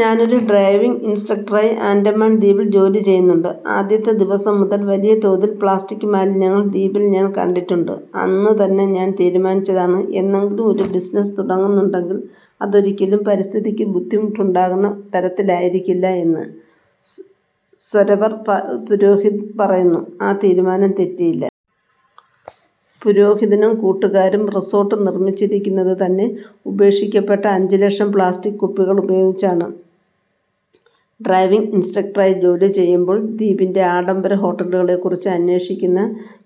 ഞാനൊരു ഡൈവിംഗ് ഇന്‍സ്ട്രക്ടറായി ആന്‍ഡമാന് ദ്വീപില്‍ ജോലി ചെയ്യുന്നുണ്ട്. ആദ്യത്തെ ദിവസം മുതല്‍ വലിയ തോതില്‍ പ്ലാസ്റ്റിക് മാലിന്യങ്ങള്‍ ദ്വീപില്‍ ഞാന്‍ കണ്ടിട്ടുണ്ട്. അന്നുതന്നെ ഞാന്‍ തീരുമാനിച്ചതാണ് എന്നെങ്കിലും ഒരു ബിസിനസ് തുടങ്ങുന്നുണ്ടെങ്കില്‍ അതൊരിക്കലും പരിസ്ഥിതിക്ക് ബുദ്ധിമുട്ടുണ്ടാക്കുന്ന തരത്തിലായിരിക്കില്ല എന്ന് -സൊരവർ പുരോഹിത് പറയുന്നു. ആ തീരുമാനം തെറ്റിയില്ല. പുരോഹിതും കൂട്ടുകാരും റിസോർട്ട് നിർമ്മിച്ചിരിക്കുന്നത് തന്നെ ഉപേക്ഷിക്കപ്പെട്ട അഞ്ച് ലക്ഷം പ്ലാസ്റ്റിക് കുപ്പികളുപയോഗിച്ചാണ്. ഡൈവിംഗ് ഇൻസ്ട്രക്ടറായി ജോലിചെയ്യുമ്പോൾ, ദ്വീപിന്‍റെ ആഡംബര ഹോട്ടലുകളെക്കുറിച്ച് അന്വേഷിക്കുന്ന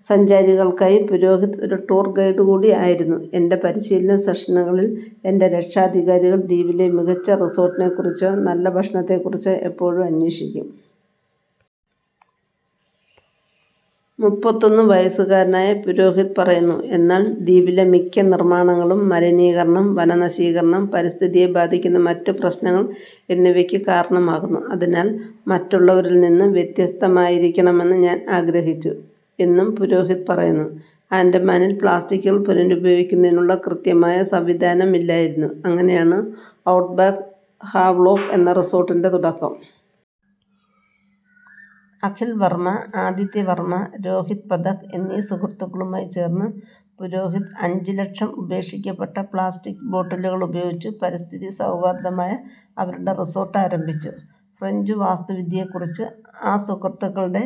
സഞ്ചാരികൾക്കായി പുരോഹിത് ഒരു ടൂർ ഗൈഡ് കൂടിയായിരുന്നു. " എന്‍റെ പരിശീലന സെഷനുകളിൽ, എന്‍റെ രക്ഷാധികാരികൾ ദ്വീപിലെ മികച്ച റിസോർട്ടിനെക്കുറിച്ചോ നല്ല ഭക്ഷണത്തെക്കുറിച്ചോ എപ്പോഴും അന്വേഷിക്കും. മൂപ്പത്തിഒന്നു വയസുകാരനായ പുരോഹിത് പറയുന്നു, " എന്നാൽ ദ്വീപിലെ മിക്ക നിർമ്മാണങ്ങളും മലിനീകരണം, വനനശീകരണം, പരിസ്ഥിതിയെ ബാധിക്കുന്ന മറ്റ് പ്രശ്നങ്ങൾ എന്നിവയ്ക്ക് കാരണമാകുന്നു. അതിനാൽ, മറ്റുള്ളവരിൽ നിന്ന് വ്യത്യസ്തമായിരിക്കണമെന്ന് ഞാൻ ആഗ്രഹിച്ചു. " എന്നും പുരോഹിത് പറയുന്നു. ആന്‍ഡമാനില്‍ പ്ലാസ്റ്റിക്കുകൾ പുനരുപയോഗിക്കുന്നതിനുള്ള കൃത്യമായ സംവിധാനമില്ലായിരുന്നു. അങ്ങനെയാണ് ഔട്ട്ബാക്ക് ഹാവ്ലോക്ക് എന്ന റിസോര്‍ട്ടിന്‍റെ തുടക്കം. അഖിൽ വര്‍മ, ആദിത്യ വര്‍മ, രോഹിത് പഥക് എന്നീ സുഹൃത്തുക്കളുമായി ചേര്‍ന്ന് പുരോഹിത് അഞ്ച് ലക്ഷം ഉപേക്ഷിക്കപ്പെട്ട പ്ലാസ്റ്റിക് ബോട്ടിലുകളുപയോഗിച്ച് പരിസ്ഥിതി സൌഹാർദ്ദമായ അവരുടെ റിസോര്‍ട്ട് ആരംഭിച്ചു. ഫ്രഞ്ച് വാസ്തുവിദ്യയെക്കുറിച്ച് ആ സുഹൃത്തുക്കളുടെ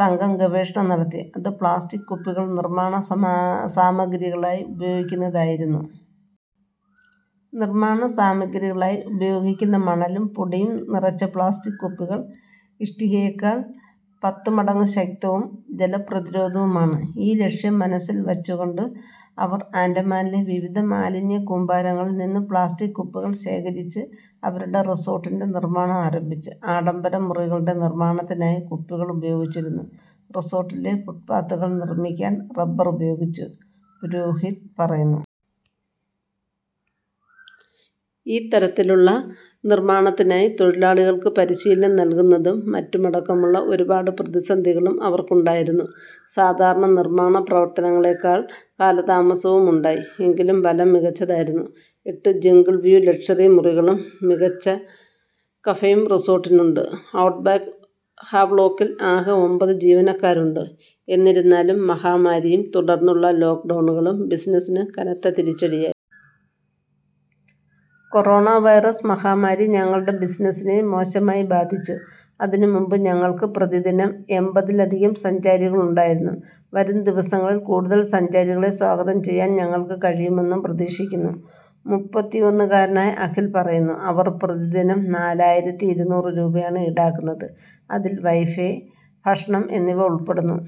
സംഘം ഗവേഷണം നടത്തി, അത് പ്ലാസ്റ്റിക് കുപ്പികൾ നിർമ്മാണ സാമഗ്രികളായി ഉപയോഗിക്കുന്നതായിരുന്നു. നിർമ്മാണ സാമഗ്രികളായി ഉപയോഗിക്കുന്ന മണലും പൊടിയും നിറച്ച പ്ലാസ്റ്റിക് കുപ്പികൾ ഇഷ്ടികയേക്കാൾ പത്ത് മടങ്ങ് ശക്തവും ജലപ്രതിരോധവുമാണ്. ഈ ലക്ഷ്യം മനസ്സിൽ വെച്ചുകൊണ്ട് അവർ ആൻഡമാനിലെ വിവിധ മാലിന്യക്കൂമ്പാരങ്ങളിൽ നിന്ന് പ്ലാസ്റ്റിക് കുപ്പികൾ ശേഖരിച്ച് അവരുടെ റിസോർട്ടിന്റെ നിർമ്മാണം ആരംഭിച്ചു. ആഡംബര മുറികളുടെ നിർമ്മാണത്തിനായി കുപ്പികൾ ഉപയോഗിച്ചിരുന്നു, റിസോർട്ടിലെ ഫുട്പാത്തുകൾ നിർമ്മിക്കാൻ റബ്ബർ ഉപയോഗിച്ചു -പുരോഹിത് പറയുന്നു. ഈ തരത്തിലുള്ള നിര്‍മ്മാണത്തിനായി തൊഴിലാളികള്‍ക്ക് പരിശീലനം നല്കുന്നതും മറ്റുമടക്കമുള്ള ഒരുപാട് പ്രതിസന്ധികളും അവർക്കുണ്ടായിരുന്നു. സാധാരണ നിര്‍മാണ പ്രവര്‍ത്തനങ്ങളേക്കാള്‍ കാലതാമസവുമുണ്ടായി. എങ്കിലും ഫലം മികച്ചതായിരുന്നു. എട്ട് ജംഗിള് വ്യൂ ലക്ഷ്വറി മുറികളും മികച്ച കഫേയും റിസോര്‍ട്ടിനുണ്ട്. ഔട്ട്ബാക്ക് ഹാവ്ലോക്കിൽ ആകെ ഒമ്പത് ജീവനക്കാരുണ്ട്. എന്നിരുന്നാലും, മഹാമാരിയും തുടർന്നുള്ള ലോക്ക്ഡൌണുകളും ബിസിനസിന് കനത്ത തിരിച്ചടിയായി. '' കൊറോണ വൈറസ് മഹാമാരി ഞങ്ങളുടെ ബിസിനസിനെ മോശമായി ബാധിച്ചു. അതിന് മുമ്പ് ഞങ്ങൾക്ക് പ്രതിദിനം എമ്പത്തിൽ അധികം സഞ്ചാരികളുണ്ടായിരുന്നു. വരും ദിവസങ്ങളിൽ കൂടുതൽ സഞ്ചാരികളെ സ്വാഗതം ചെയ്യാൻ ഞങ്ങൾക്ക് കഴിയുമെന്ന് പ്രതീക്ഷിക്കുന്നു " മൂപ്പത്തിഒന്നു കാരനായ അഖിൽ പറയുന്നു. അവർ പ്രതിദിനം നാലായിരത്തിഇരുനൂറ് രൂപയാണ് ഈടാക്കുന്നത്, അതിൽ വൈഫൈ, ഭക്ഷണം എന്നിവ ഉൾപ്പെടുന്നു.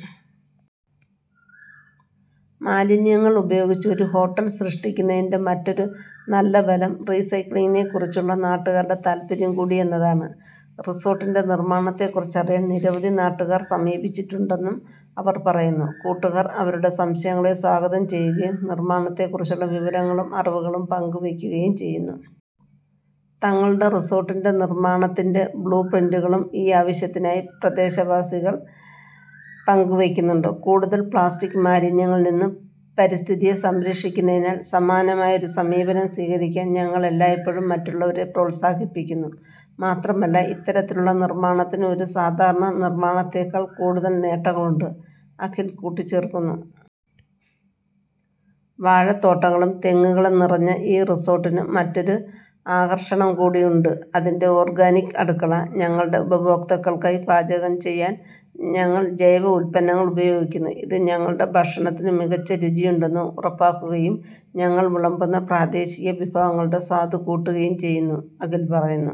മാലിന്യങ്ങൾ ഉപയോഗിച്ച് ഒരു ഹോട്ടൽ സൃഷ്ടിക്കുന്നതിന്‍റെ മറ്റൊരു നല്ല ഫലം റീസൈക്ലിംഗിനെക്കുറിച്ചുള്ള നാട്ടുകാരുടെ താൽപ്പര്യം കൂടി എന്നതാണ്. റിസോർട്ടിന്റെ നിർമ്മാണത്തെക്കുറിച്ച് അറിയാൻ നിരവധി നാട്ടുകാർ സമീപിച്ചിട്ടുണ്ടെന്ന് അവര്‍ പറയുന്നു. കൂട്ടുകാര്‍ അവരുടെ സംശയങ്ങളെ സ്വാഗതം ചെയ്യുകയും നിര്‍മാണത്തെ കുറിച്ചുള്ള വിവരങ്ങളും അറിവുകളും പങ്ക് വയ്ക്കുകയും ചെയ്യുന്നു. തങ്ങളുടെ റിസോർട്ടിന്റെ നിർമ്മാണത്തിന്റെ ബ്ലൂപ്രിന്റുകളും ഈ ആവശ്യത്തിനായി പ്രദേശവാസികളുമായി പങ്കുവയ്ക്കുന്നുണ്ട്. " കൂടുതൽ പ്ലാസ്റ്റിക് മാലിന്യങ്ങളിൽ നിന്ന് പരിസ്ഥിതിയെ സംരക്ഷിക്കുന്നതിനാൽ സമാനമായ ഒരു സമീപനം സ്വീകരിക്കാൻ ഞങ്ങൾ എല്ലായ്പ്പോഴും മറ്റുള്ളവരെ പ്രോത്സാഹിപ്പിക്കുന്നു. മാത്രമല്ല, ഇത്തരത്തിലുള്ള നിർമ്മാണത്തിന് ഒരു സാധാരണ നിർമ്മാണത്തേക്കാൾ കൂടുതൽ നേട്ടങ്ങളുണ്ട് " അഖിൽ കൂട്ടിച്ചേർക്കുന്നു. വാഴത്തോട്ടങ്ങളും തെങ്ങുകളും നിറഞ്ഞ ഈ റിസോർട്ടിന് മറ്റൊരു ആകര്‍ഷണം കൂടിയുണ്ട് അതിന്‍റെ ഓർഗാനിക് അടുക്കള. " ഞങ്ങളുടെ ഉപഭോക്താക്കൾക്കായി പാചകം ചെയ്യാൻ ഞങ്ങൾ ജൈവ ഉൽപ്പന്നങ്ങൾ ഉപയോഗിക്കുന്നു. ഇത് ഞങ്ങളുടെ ഭക്ഷണത്തിന് മികച്ച രുചിയുണ്ടെന്ന് ഉറപ്പാക്കുകയും ഞങ്ങൾ വിളമ്പുന്ന പ്രാദേശിക വിഭവങ്ങളുടെ സ്വാദ് കൂട്ടുകയും ചെയ്യുന്നു " അഖിൽ പറയുന്നു.